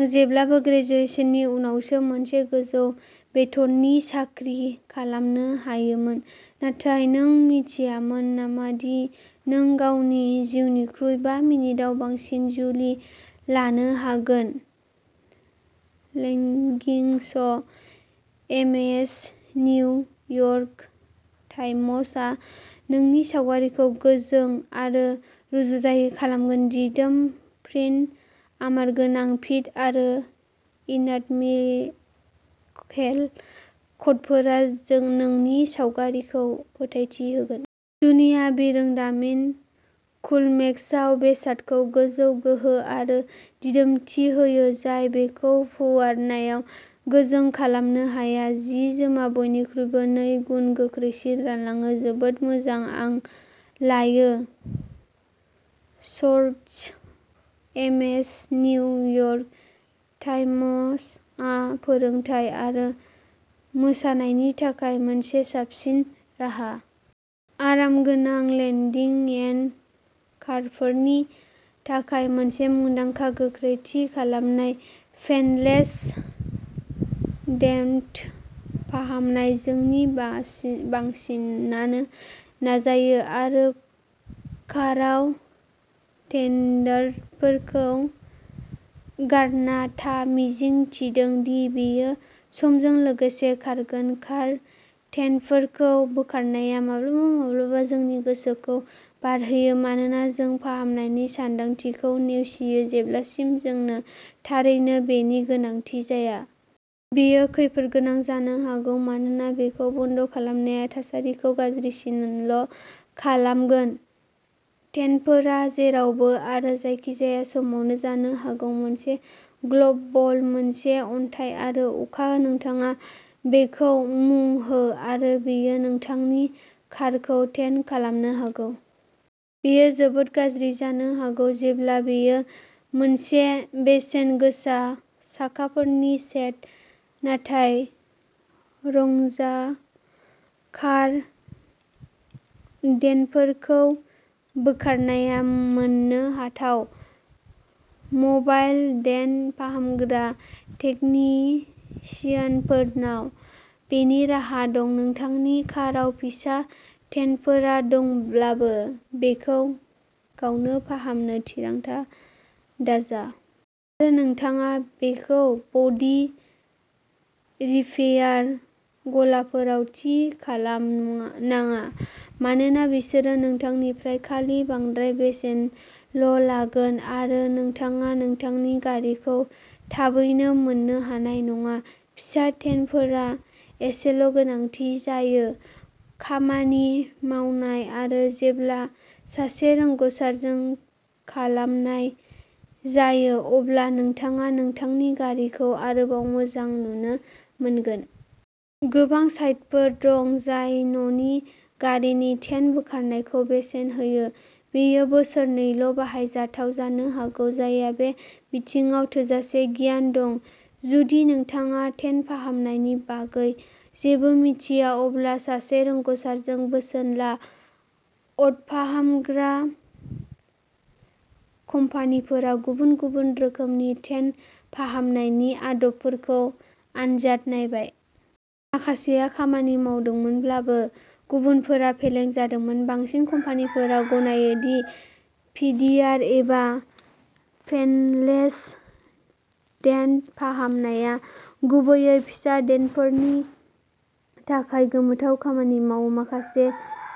आं जेब्लाबो ग्रेजुएशननि उनावनो मोनसे गोजौ बेथननि साख्रि खालामनो हायोमोन नाथाय नों मिथियामोन नामा दि नों गावनि जिउनिख्रुइ बा मिनिटआव बांसिन जुलि लानो हागोन? Leggings MAS New York Times आ नोंनि सावगारिखौ गोजों आरो रुजुजायै खालामगोन दिदोम प्रिन्ट आरामगोनां फिट आरो एनाटमिकेल काटफोरा नोंनि सावगारिखौ फोथायथि होगोन। जुनिया बिरोंदामिन कुलमेक्सआ बेसादखौ गोजौ गोहो आरो दिदोमथि होयो जाय बेखौ फुवारनायाव गोजों खालामनो हाया। जि जोमआ खुननिख्रुइ नै गुन गोख्रैसिन रानलाङो जोबोद मोजां हां लायो। Shirts MAS New York Times आ फोरोंथाय आरो मोसानायनि थाखाय मोनसे साबसिन राहा। आरामगोनां लेन्दिं डेन्ट कारफोरनि थाखाय मोनसे मुंदांखा गोख्रै थि खालामनाय पेन्टलेस डेन्ट फाहामनाय जोंनि बासिन बांसिनानो नाजायो। आरो काराव डेन्टफोरखौ गारना था मिजिं थिदों दि बेयो समजों लोगोसे खारगोन। कार डेन्टफोरखौ बोखारनाया माब्लाबा-माब्लाबा जोंनि गोसोखौ बारहोयो मानोना जों फाहामनायनि सानदांथिखौ नेवसियो जेब्लासिम जोंनो थारैनो बेनि गोनांथि जाया। बेयो खैफोदगोनां जानो हागौ मानोना बेखौ बन्द खालामनाया थासारिखौ गाज्रिसिनल'खालामगोन। डेन्टफोरा जेरावबो आरो जायखिजाया समावनो जानो हागौ। मोनसे गल्फ बल मोनसे अन्थाइ आरो अखा नोंथाङा बेखौ मुं हो आरो बेयो नोंथांनि कारखौ डेन्ट खालामनो हागौ! बेयो जोबोद गाज्रि जानो हागौ जेब्ला बेयो मोनसे बेसेन गोसा साखाफोरनि सेट। नाथाय रंजाह कार डेन्टफोरखौ बोखारनाया मोननो हाथाव, मबाइल डेन्ट फाहामग्रा टेकनिशियानफोरनाव बेनि राहा दं। नोंथांनि काराव फिसा डेन्टफोर दंब्लाबो बेखौ गावनो फाहामनो थिरांथा दाजा। आरो नोंथाङा बेखौ बडी रिपेयार गलाफोराव थि खालाम नां नाङा मानोना बिसोरो नोंथांनिफ्राय खालि बांद्राय बेसेनल'लागोन आरो नोंथाङा नोंथांनि गारिखौ थाबैनो मोननो हानाय नङा। फिसा डेन्टफोरा एसेल'गोनांथि जायो। खामानि मावनाय आरो जेब्ला सासे रोंग'सारजों खालामनाय जायो, अब्ला नोंथाङा नोंथांनि गारिखौ आरोबाव मोजां नुनो मोनगोन। गोबां साइटफोर दं जाय न'नि गारिनि डेन्ट बोखारनायखौ बोसोन होयो, बेयो बैसोरनोल'बाहायजाथाव जानो हागौ जायहा बे बिथिङाव थोजासे गियान दं। जुदि नोंथाङा डेन्ट फाहामनायनि बागै जेबो मिथिया अब्ला सासे रोंग'सारजों बोसोन ला। अट'फाहामग्रा कम्पानिफोरा गुबुन-गुबुन रोखोमनि डेन्ट फाहामनायनि आदबफोरखौ आनजाद नायबाय। माखासेया खामानि मावदोंमोनब्लाबो, गुबुनफोरा फेलें जादोंमोन। बांसिन कम्पानिफोरा गनायो दि पिडिआर एबा पेन्टलेस डेन्ट फाहामनाया गुबैयै फिसा डेन्टफोरनि थाखाय गोमोथाव खामानि मावो। माखासे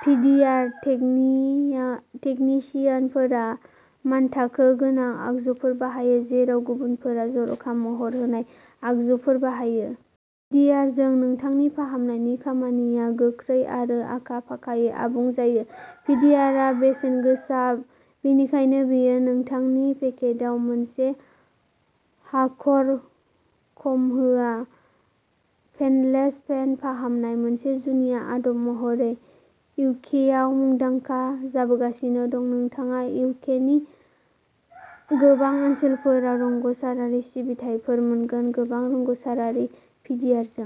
पिडिआर टेकनिया टेकनिशियानफोरा मानथाखो गोनां आगजुफोर बाहायो जेराव गुबुनफोरा जर'खा महर होनाय आगजुफोर बाहायो। पिडिआरजों नोंथांनि फाहामनायनि खामानिया गोख्रै आरो आखा फाखायै आबुं जायो। पिडिआरआ बेसेनगोसाबो बेनिखायनो बेयो नोंथांनि पकेटआव मोनसे हाखर खामहोआ। पेन्टलेस डेन्ट फाहामनाय, मोनसे जुनिया आदब महरै इउकेआव मुंदांखा जाबोगासिनो दं। नोंथाङा इउकेनि गोबां ओनसोलफोराव रोंग'सारारि सिबिथाइफोर मोनगोन। गोबां रोंग'सारारि पिडिआरजों।